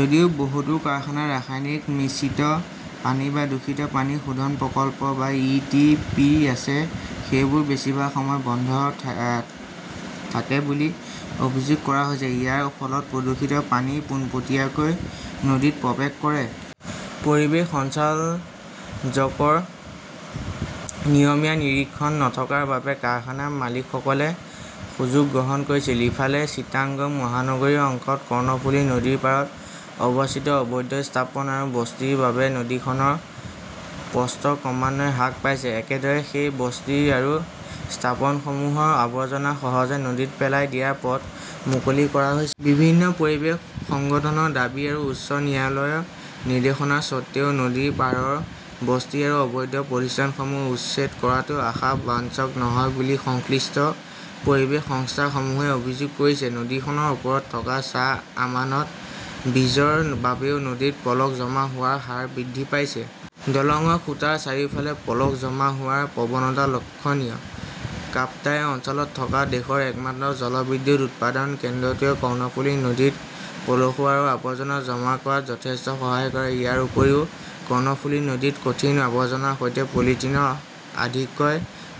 যদিও বহুতো কাৰখানাত ৰাসায়নিক মিশ্ৰিত পানী বা দূষিত পানী শোধন প্ৰকল্প বা ই টি পি আছে, সেইবোৰ বেছিভাগ সময় বন্ধ থাকে বুলি অভিযোগ কৰা হৈছে। ইয়াৰ ফলত প্ৰদূষিত পানী পোনপটীয়াকৈ নদীত প্ৰৱেশ কৰে। পৰিৱেশ সঞ্চালযকৰ নিয়মীয়া নিৰীক্ষণ নথকাৰ বাবে কাৰখানাৰ মালিকসকলে সুযোগ গ্ৰহণ কৰিছিল। ইফালে, চিটাগং মহানগৰীয় অংশত কৰ্ণফুলি নদীৰ পাৰত অৱস্থিত অবৈধ স্থাপন আৰু বস্তিৰ বাবে নদীখনৰ প্ৰস্থ ক্ৰমান্বয়ে হ্ৰাস পাইছে। একেদৰে, সেই বস্তি আৰু স্থাপনসমূহৰ আৱৰ্জনা সহজে নদীত পেলাই দিয়াৰ পথ মুকলি কৰা হৈছে। বিভিন্ন পৰিৱেশ সংগঠনৰ দাবী আৰু উচ্চ ন্যায়ালয়ৰ নিৰ্দেশনাৰ স্বত্বেও নদীৰ পাৰৰ বস্তি আৰু অবৈধ প্ৰতিষ্ঠানসমূহ উচ্ছেদ কৰাটো আশা বাঞ্চক নহয় বুলি সংশ্লিষ্ট পৰিৱেশ সংস্থাসমূহে অভিযোগ কৰিছে। নদীখনৰ ওপৰত থকা শ্বাহ আমানত ব্ৰীজৰ বাবেও নদীত পলস জমা হোৱাৰ হাৰ বৃদ্ধি পাইছে। দলংৰ খুঁটাৰ চাৰিওফালে পলস জমা হোৱাৰ প্ৰৱণতা লক্ষণীয়। কাপ্তাই অঞ্চলত থকা দেশৰ একমাত্ৰ জলবিদ্যুৎ উৎপাদন কেন্দ্ৰটোৱে কৰ্ণফুলী নদীত পলসুৱা আৰু আৱৰ্জনা জমা কৰাত যথেষ্ট সহায় কৰে। ইয়াৰ উপৰিও, কৰ্ণফুলী নদীত কঠিন আৱৰ্জনাৰ সৈতে পলিথিনৰ আধিক্যই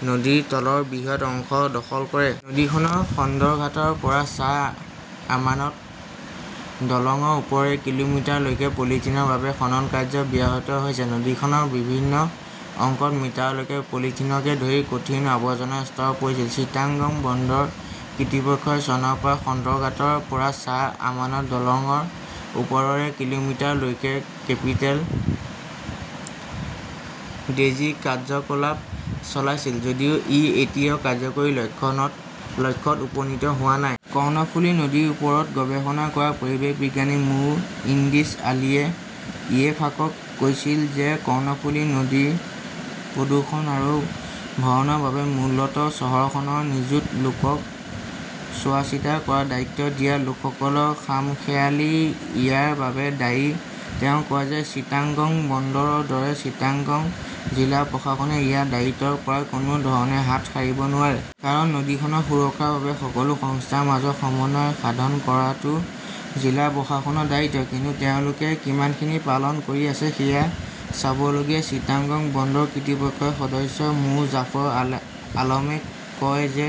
নদীৰ তলৰ বৃহৎ অংশ দখল কৰে। নদীখনৰ সদৰঘাটৰ পৰা শ্বাহ আমান্ট দলংৰ ওপৰেৰে কিলোমিটাৰলৈকে পলিথিনৰ বাবে খনন কাৰ্য ব্যাহত হৈছে। নদীখনৰ বিভিন্ন অংশত মিটাৰলৈকে পলিথিনকে ধৰি কঠিন আৱৰ্জনাৰ স্তৰ পৰিছিল। চিটাগং বন্দৰ কৰ্তৃপক্ষই চনৰ পৰা সদৰঘাটৰ পৰা শ্বাহ আমানত দলংৰ ওপৰেৰে কিলোমিটাৰলৈকে কেপিটেল ড্ৰেজিকাৰ্যকলাপ চলাইছিল যদিও ই এতিয়াও কাৰ্যকৰী লক্ষ্যত উপনীত হোৱা নাই। কৰ্ণফুলি নদীৰ ওপৰত গৱেষণা কৰা পৰিৱেশ বিজ্ঞানী মো. ইদ্ৰিছ আলীয়ে ইত্তেফাকক কৈছিল যে কৰ্ণফুলি নদীৰ প্ৰদূষণ আৰু ভৰণৰ বাবে মূলতঃ চহৰখনৰ নিযুত লোকক চোৱাচিতা কৰাৰ দায়িত্ব দিয়া লোকসকলৰ খামখেয়ালী ইয়াৰ বাবে দায়ী। তেওঁ কয় যে চিটাগং বন্দৰৰ দৰে চিটাগং জিলা প্ৰশাসনে ইয়াৰ দায়িত্বৰ পৰা কোনো ধৰণে হাত সাৰিব নোৱাৰে। কাৰণ নদীখনৰ সুৰক্ষাৰ বাবে সকলো সংস্থাৰ মাজত সমন্বয় সাধন কৰাটো জিলা প্ৰশাসনৰ দায়িত্ব। কিন্তু তেওঁলোকে কিমানখিনি পালন কৰি আছে সেয়া চাবলগীয়া। চিটাগং বন্দৰ কৰ্তৃপক্ষৰ সদস্য মো. জাফৰ আলমে কয় যে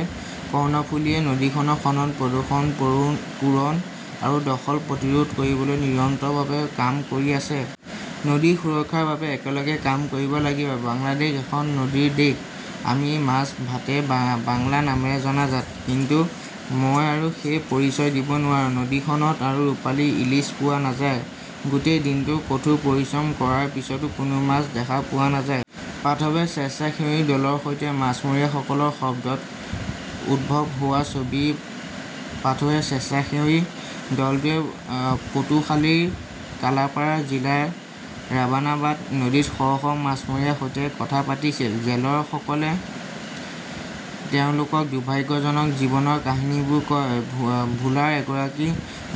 কৰ্ণফুলীয়ে নদীখনৰ খনন, প্ৰদূষণ, পূৰণ আৰু দখল প্ৰতিৰোধ কৰিবলৈ নিৰন্তৰভাৱে কাম কৰি আছে। নদী সুৰক্ষাৰ বাবে একেলগে কাম কৰিব লাগিব । বাংলাদেশ এখন নদীৰ দেশ। আমি মাছ ভাতে বাংলা নামেৰে জনাজাত। কিন্তু মই আৰু সেই পৰিচয় দিব নোৱাৰো। নদীখনত আৰু ৰূপালী ইলিচ পোৱা নাযায়। গোটেই দিনটো কঠোৰ পৰিশ্ৰম কৰাৰ পিছতো কোনো মাছ দেখা পোৱা নাযায়। পাথৱে স্বেচ্ছাসেৱী দলৰ সৈতে মাছমৰীয়াসকলৰ শব্দত উদ্ভৱ হোৱা ছবি। পাথৱে স্বেচ্ছাসেৱী দলটোৱে পটুখালিৰ কালাপাৰা জিলাৰ ৰাবনাবাদ নদীত শ শ মাছমৰীয়াৰ সৈতে কথা পাতিছিল। জেলেৰসকলে তেওঁলোকক দুৰ্ভাগ্যজনক জীৱনৰ কাহিনীবোৰ কয়। ভোলাৰ এগৰাকী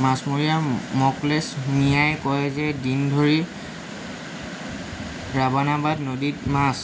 মাছমৰীয়া মকলেস মিয়াই কয় যে দিন ধৰি ৰাবনাবাদ নদীত মাছ